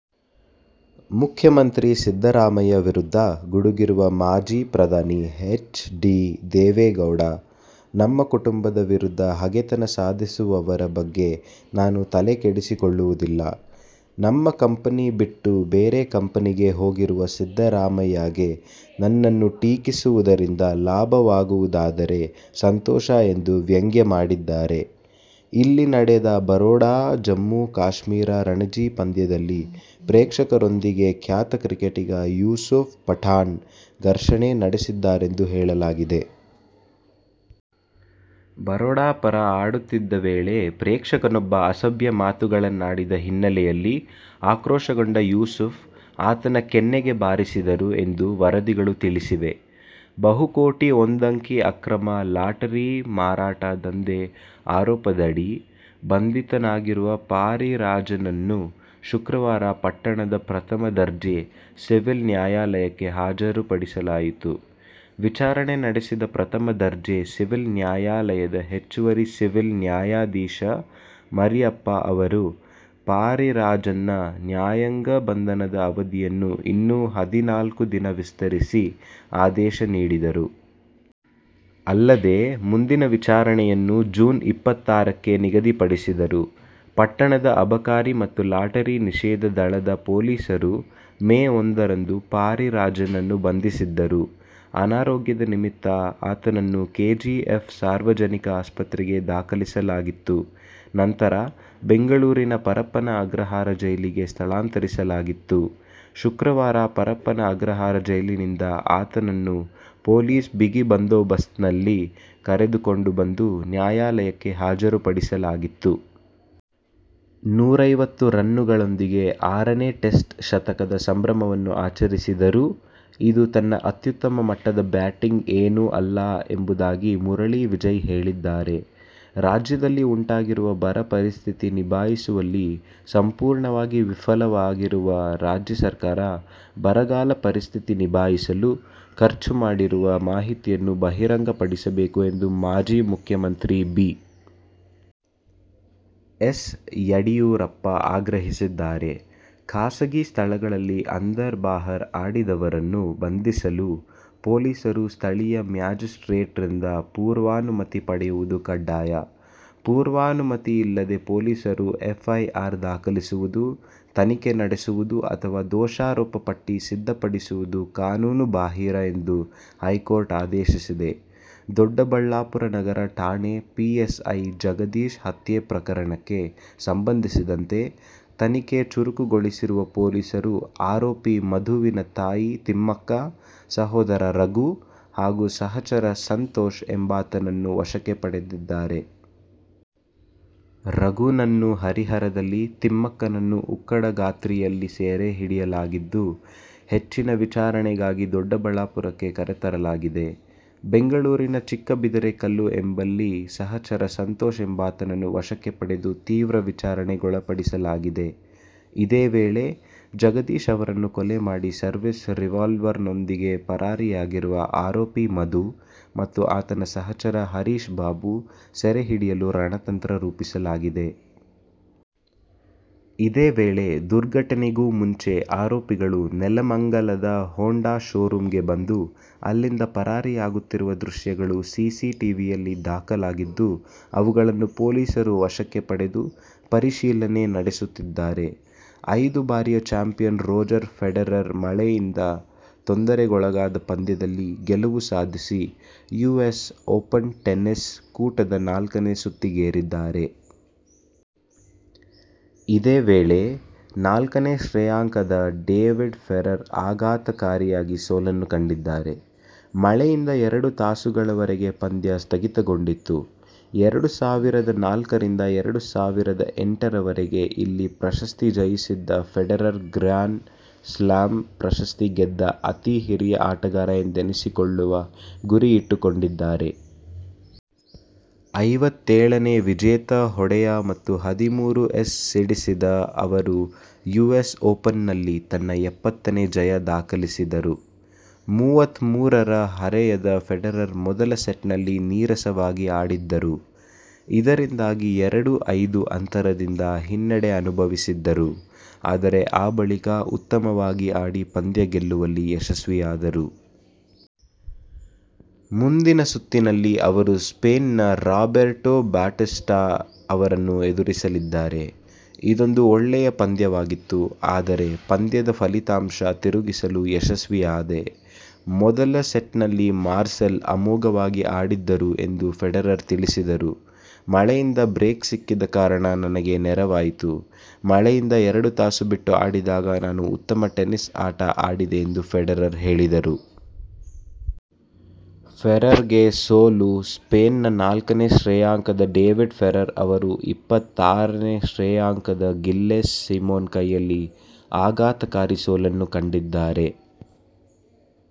ಮುಖ್ಯಮಂತ್ರಿ ಸಿದ್ದರಾಮಯ್ಯ ವಿರುದ್ಧ ಗುಡುಗಿರುವ ಮಾಜಿ ಪ್ರಧಾನಿ ಎಚ್. ಡಿ. ದೇವೇಗೌಡ, ನಮ್ಮ ಕುಟುಂಬದ ವಿರುದ್ಧ ಹಗೆತನ ಸಾಧಿಸುವವರ ಬಗ್ಗೆ ನಾನು ತಲೆಕೆಡಿಸಿಕೊಳ್ಳುವುದಿಲ್ಲ. ನಮ್ಮ ಕಂಪನಿ ಬಿಟ್ಟು ಬೇರೆ ಕಂಪನಿಗೆ ಹೋಗಿರುವ ಸಿದ್ದರಾಮಯ್ಯಗೆ ನನ್ನನ್ನು ಟೀಕಿಸುವುದರಿಂದ ಲಾಭವಾಗುವುದಾದರೆ ಸಂತೋಷ ಎಂದು ವ್ಯಂಗ್ಯ ಮಾಡಿದ್ದಾರೆ. ಇಲ್ಲಿ ನಡೆದ ಬರೋಡಾ-ಜಮ್ಮುಕಾಶ್ಮೀರ ರಣಜಿ ಪಂದ್ಯದಲ್ಲಿ ಪ್ರೇಕ್ಷಕರೊಂದಿಗೆ ಖ್ಯಾತ ಕ್ರಿಕೆಟಿಗ ಯೂಸುಫ್ ಪಠಾಣ್ ಘರ್ಷಣೆ ನಡೆಸಿದ್ದಾರೆಂದು ಹೇಳಲಾಗಿದೆ. ಬರೋಡಾ ಪರ ಆಡುತ್ತಿದ್ದ ವೇಳೆ ಪ್ರೇಕ್ಷಕನೊಬ್ಬ ಅಸಭ್ಯ ಮಾತುಗಳನ್ನಾಡಿದ ಹಿನ್ನೆಲೆಯಲ್ಲಿ ಆಕ್ರೋಶಗೊಂಡ ಯೂಸುಫ್ ಆತನ ಕೆನ್ನೆಗೆ ಬಾರಿಸಿದರು ಎಂದು ವರದಿಗಳು ತಿಳಿಸಿವೆ. ಬಹುಕೋಟಿ ಒಂದಂಕಿ ಅಕ್ರಮ ಲಾಟರಿ ಮಾರಾಟ ದಂಧೆ ಆರೋಪದಡಿ ಬಂಧಿತನಾಗಿರುವ ಪಾರಿರಾಜನ್ನನ್ನು ಶುಕ್ರವಾರ ಪಟ್ಟಣದ ಪ್ರಥಮ ದರ್ಜೆ ಸಿವಿಲ್ ನ್ಯಾಯಾಲಯಕ್ಕೆ ಹಾಜರುಪಡಿಸಲಾಯಿತು. ವಿಚಾರಣೆ ನಡೆಸಿದ ಪ್ರಥಮ ದರ್ಜೆ ಸಿವಿಲ್ ನ್ಯಾಯಾಲಯದ ಹೆಚ್ಚುವರಿ ಸಿವಿಲ್ ನ್ಯಾಯಾಧೀಶ ಮರಿಯಪ್ಪ ಅವರು, ಪಾರಿರಾಜನ್ನ ನ್ಯಾಯಾಂಗ ಬಂಧನದ ಅವಧಿಯನ್ನು ಇನ್ನೂ ಹದಿನಾಲ್ಕು ದಿನ ವಿಸ್ತರಿಸಿ, ಆದೇಶ ನೀಡಿದರು. ಅಲ್ಲದೆ, ಮುಂದಿನ ವಿಚಾರಣೆಯನ್ನು ಜೂನ್ ಇಪ್ಪತ್ತಾರಕ್ಕೆ ನಿಗದಿಪಡಿಸಿದರು. ಪಟ್ಟಣದ ಅಬಕಾರಿ ಮತ್ತು ಲಾಟರಿ ನಿಷೇಧ ದಳದ ಪೊಲೀಸರು ಮೇ ಒಂದರಂದು ಪಾರಿರಾಜನನ್ನು ಬಂಧಿಸಿದ್ದರು. ಅನಾರೋಗ್ಯದ ನಿಮಿತ್ತ ಆತನನ್ನು ಕೆಜಿಎಫ್ ಸಾರ್ವಜನಿಕ ಆಸ್ಪತ್ರೆಗೆ ದಾಖಲಿಸಲಾಗಿತ್ತು. ನಂತರ, ಬೆಂಗಳೂರಿನ ಪರಪ್ಪನ ಅಗ್ರಹಾರ ಜೈಲಿಗೆ ಸ್ಥಳಾಂತರಿಸಲಾಗಿತ್ತು. ಶುಕ್ರವಾರ ಪರಪ್ಪನ ಅಗ್ರಹಾರ ಜೈಲಿನಿಂದ ಆತನನ್ನು ಪೊಲೀಸ್ ಬಿಗಿ ಬಂದೋಬಸ್ತ್ನಲ್ಲಿ ಕರೆದುಕೊಂಡು ಬಂದು ನ್ಯಾಯಾಲಯಕ್ಕೆ ಹಾಜರು ಪಡಿಸಲಾಗಿತ್ತು. ನೂರೈವತ್ತು ರನ್ನುಗಳೊಂದಿಗೆ ಆರನೇ ಟೆಸ್ಟ್ ಶತಕದ ಸಂಭ್ರಮವನ್ನು ಆಚರಿಸಿದರೂ ಇದು ತನ್ನ ಅತ್ಯುತ್ತಮ ಮಟ್ಟದ ಬ್ಯಾಟಿಂಗ್ ಏನೂ ಅಲ್ಲ ಎಂಬುದಾಗಿ ಮುರಳಿ ವಿಜಯ್ ಹೇಳಿದ್ದಾರೆ. ರಾಜ್ಯದಲ್ಲಿ ಉಂಟಾಗಿರುವ ಬರ ಪರಿಸ್ಥಿತಿ ನಿಭಾಯಿಸುವಲ್ಲಿ ಸಂಪೂರ್ಣವಾಗಿ ವಿಫಲವಾಗಿರುವ ರಾಜ್ಯ ಸರ್ಕಾರ ಬರಗಾಲ ಪರಿಸ್ಥಿತಿ ನಿಭಾಯಿಸಲು ಖರ್ಚು ಮಾಡಿರುವ ಮಾಹಿತಿಯನ್ನು ಬಹಿರಂಗ ಪಡಿಸಬೇಕು ಎಂದು ಮಾಜಿ ಮುಖ್ಯಮಂತ್ರಿ ಬಿ. ಎಸ್. ಯಡಿಯೂರಪ್ಪ ಆಗ್ರಹಿಸಿದ್ದಾರೆ. ಖಾಸಗಿ ಸ್ಥಳಗಳಲ್ಲಿ ಅಂದರ್-ಬಾಹರ್ ಆಡಿದವರನ್ನು ಬಂಧಿಸಲು ಪೊಲೀಸರು ಸ್ಥಳೀಯ ಮ್ಯಾಜಿಸ್ಟ್ರೇಟ್ರಿಂದ ಪೂರ್ವಾನುಮತಿ ಪಡೆಯುವುದು ಕಡ್ಡಾಯ. ಪೂರ್ವಾನುಮತಿ ಇಲ್ಲದೆ ಪೊಲೀಸರು ಎಫ್ಐಆರ್ ದಾಖಲಿಸುವುದು, ತನಿಖೆ ನಡೆಸುವುದು ಅಥವಾ ದೋಷಾರೋಪ ಪಟ್ಟಿ ಸಿದ್ಧಪಡಿಸುವುದು ಕಾನೂನು ಬಾಹಿರ ಎಂದು ಹೈಕೋರ್ಟ್ ಆದೇಶಿಸಿದೆ. ದೊಡ್ಡಬಳ್ಳಾಪುರ ನಗರ ಠಾಣೆ ಪಿಎಸ್ಐ ಜಗದೀಶ್ ಹತ್ಯೆ ಪ್ರಕರಣಕ್ಕೆ ಸಂಬಂಧಿಸಿದಂತೆ ತನಿಖೆ ಚುರುಕುಗೊಳಿಸಿರುವ ಪೊಲೀಸರು ಆರೋಪಿ ಮಧುವಿನ ತಾಯಿ ತಿಮ್ಮಕ್ಕ, ಸಹೋದರ ರಘು ಹಾಗೂ ಸಹಚರ ಸಂತೋಷ್ ಎಂಬಾತನನ್ನು ವಶಕ್ಕೆ ಪಡೆದಿದ್ದಾರೆ. ರಘುನನ್ನು ಹರಿಹರದಲ್ಲಿ, ತಿಮ್ಮಕ್ಕನನ್ನು ಉಕ್ಕಡಗಾತ್ರಿಯಲ್ಲಿ ಸೆರೆ ಹಿಡಿಯಲಾಗಿದ್ದು, ಹೆಚ್ಚಿನ ವಿಚಾರಣೆಗಾಗಿ ದೊಡ್ಡಬಳ್ಳಾಪುರಕ್ಕೆ ಕರೆತರಲಾಗಿದೆ. ಬೆಂಗಳೂರಿನ ಚಿಕ್ಕಬಿದಿರೆಕಲ್ಲು ಎಂಬಲ್ಲಿ ಸಹಚರ ಸಂತೋಷ್ ಎಂಬಾತನನ್ನು ವಶಕ್ಕೆ ಪಡೆದು ತೀವ್ರ ವಿಚಾರಣೆ ಗೊಳಪಡಿಸಲಾಗಿದೆ. ಇದೇ ವೇಳೆ, ಜಗದೀಶ್ ಅವರನ್ನು ಕೊಲೆ ಮಾಡಿ ಸರ್ವೀಸ್ ರಿವಾಲ್ವರ್ನೊಂದಿಗೆ ಪರಾರಿಯಾಗಿರುವ ಆರೋಪಿ ಮಧು ಮತ್ತು ಆತನ ಸಚಹರ ಹರೀಶ್ಬಾಬು ಸೆರೆ ಹಿಡಿಯಲು ರಣತಂತ್ರ ರೂಪಿಸಲಾಗಿದೆ. ಇದೇ ವೇಳೆ, ದುರ್ಘಟನೆಗೂ ಮುಂಚೆ ಆರೋಪಿಗಳು ನೆಲಮಂಗಲದ ಹೊಂಡಾ ಶೋ ರೂಮ್ಗೆ ಬಂದು, ಅಲ್ಲಿಂದ ಪರಾರಿಯಾಗುತ್ತಿರುವ ದೃಶ್ಯಗಳು ಸಿಸಿಟಿವಿಯಲ್ಲಿ ದಾಖಲಾಗಿದ್ದು, ಅವುಗಳನ್ನು ಪೊಲೀಸರು ವಶಕ್ಕೆ ಪಡೆದು, ಪರಿಶೀಲನೆ ನಡೆಸುತ್ತಿದ್ದಾರೆ. ಐದು ಬಾರಿಯ ಚಾಂಪಿಯನ್ ರೋಜರ್ ಫೆಡರರ್ ಮಳೆಯಿಂದ ತೊಂದರೆಗೊಳಗಾದ ಪಂದ್ಯದಲ್ಲಿ ಗೆಲುವು ಸಾಧಿಸಿ ಯುಎಸ್ ಓಪನ್ ಟೆನ್ನಿಸ್ ಕೂಟದ ನಾಲ್ಕನೇ ಸುತ್ತಿಗೇರಿದ್ದಾರೆ. ಇದೇ ವೇಳೆ ನಾಲ್ಕನೇ ಶ್ರೇಯಾಂಕದ ಡೇವಿಡ್ ಫೆರರ್ ಆಘಾತಕಾರಿಯಾಗಿ ಸೋಲನ್ನು ಕಂಡಿದ್ದಾರೆ. ಮಳೆಯಿಂದ ಎರಡು ತಾಸುಗಳವರೆಗೆ ಪಂದ್ಯ ಸ್ಥಗಿತಗೊಂಡಿತ್ತು. ಎರಡು ಸಾವಿರದ ನಾಲ್ಕರಿಂದ ಎರಡು ಸಾವಿರದ ಎಂಟರವರೆಗೆ ಇಲ್ಲಿ ಪ್ರಶಸ್ತಿ ಜಯಿಸಿದ್ದ ಫೆಡರರ್ ಗ್ರ್ಯಾನ್ ಸ್ಲಾಮ್ ಪ್ರಶಸ್ತಿ ಗೆದ್ದ ಅತೀ ಹಿರಿಯ ಆಟಗಾರ ಎಂದೆನಿಸಿಕೊಳ್ಳುವ ಗುರಿ ಇಟ್ಟುಕೊಂಡಿದ್ದಾರೆ. ಐವತ್ತೇಳನೇ ವಿಜೇತ ಹೊಡೆಯ ಮತ್ತು ಹದಿಮೂರು ಏಸ್ ಸಿಡಿಸಿದ ಅವರು ಯುಎಸ್ ಓಪನ್ನಲ್ಲಿ ತನ್ನ ಎಪ್ಪತ್ತನೇ ಜಯ ದಾಖಲಿಸಿದರು. ಮೂವತ್ಮೂರರ ಹರೆಯದ ಫೆಡರರ್ ಮೊದಲ ಸೆಟ್ನಲ್ಲಿ ನೀರಸವಾಗಿ ಆಡಿದ್ದರು. ಇದರಿಂದಾಗಿ ಎರಡು-ಐದು ಅಂತರದಿಂದ ಹಿನ್ನಡೆ ಅನುಭವಿಸಿದ್ದರು. ಆದರೆ ಆ ಬಳಿಕ ಉತ್ತಮವಾಗಿ ಆಡಿ ಪಂದ್ಯ ಗೆಲ್ಲುವಲ್ಲಿ ಯಶಸ್ವಿಯಾದರು. ಮುಂದಿನ ಸುತ್ತಿನಲ್ಲಿ ಅವರು ಸ್ಪೇನ್ನ ರಾಬೆರ್ಟೊ ಬಾಟಿಸ್ಟಾ ಅವರನ್ನು ಎದುರಿಸಲಿದ್ದಾರೆ. ಇದೊಂದು ಒಳ್ಳೆಯ ಪಂದ್ಯವಾಗಿತ್ತು. ಆದರೆ ಪಂದ್ಯದ ಫಲಿತಾಂಶ ತಿರುಗಿಸಲು ಯಶಸ್ವಿಯಾದೆ. ಮೊದಲ ಸೆಟ್ನಲ್ಲಿ ಮಾರ್ಸೆಲ್ ಅಮೋಘವಾಗಿ ಆಡಿದ್ದರು ಎಂದು ಫೆಡರರ್ ತಿಳಿಸಿದರು. ಮಳೆಯಿಂದ ಬ್ರೇಕ್ ಸಿಕ್ಕಿದ ಕಾರಣ ನನಗೆ ನೆರವಾಯಿತು. ಮಳೆಯಿಂದ ಎರಡು ತಾಸು ಬಿಟ್ಟು ಆಡಿದಾಗ ನಾನು ಉತ್ತಮ ಟೆನಿಸ್ ಆಟ ಆಡಿದೆ ಎಂದು ಫೆಡರರ್ ಹೇಳಿದರು. ಫೆರರ್ಗೆ ಸೋಲು ಸ್ಪೇನ್ನ ನಾಲ್ಕನೇ ಶ್ರೇಯಾಂಕದ ಡೇವಿಡ್ ಫೆರರ್ ಅವರು ಇಪ್ಪತ್ತಾರನೇ ಶ್ರೇಯಾಂಕದ ಗಿಲ್ಲೆಸ್ ಸಿಮೋನ್ ಕೈಯಲ್ಲಿ ಆಘಾತಕಾರಿ ಸೋಲನ್ನು ಕಂಡಿದ್ದಾರೆ.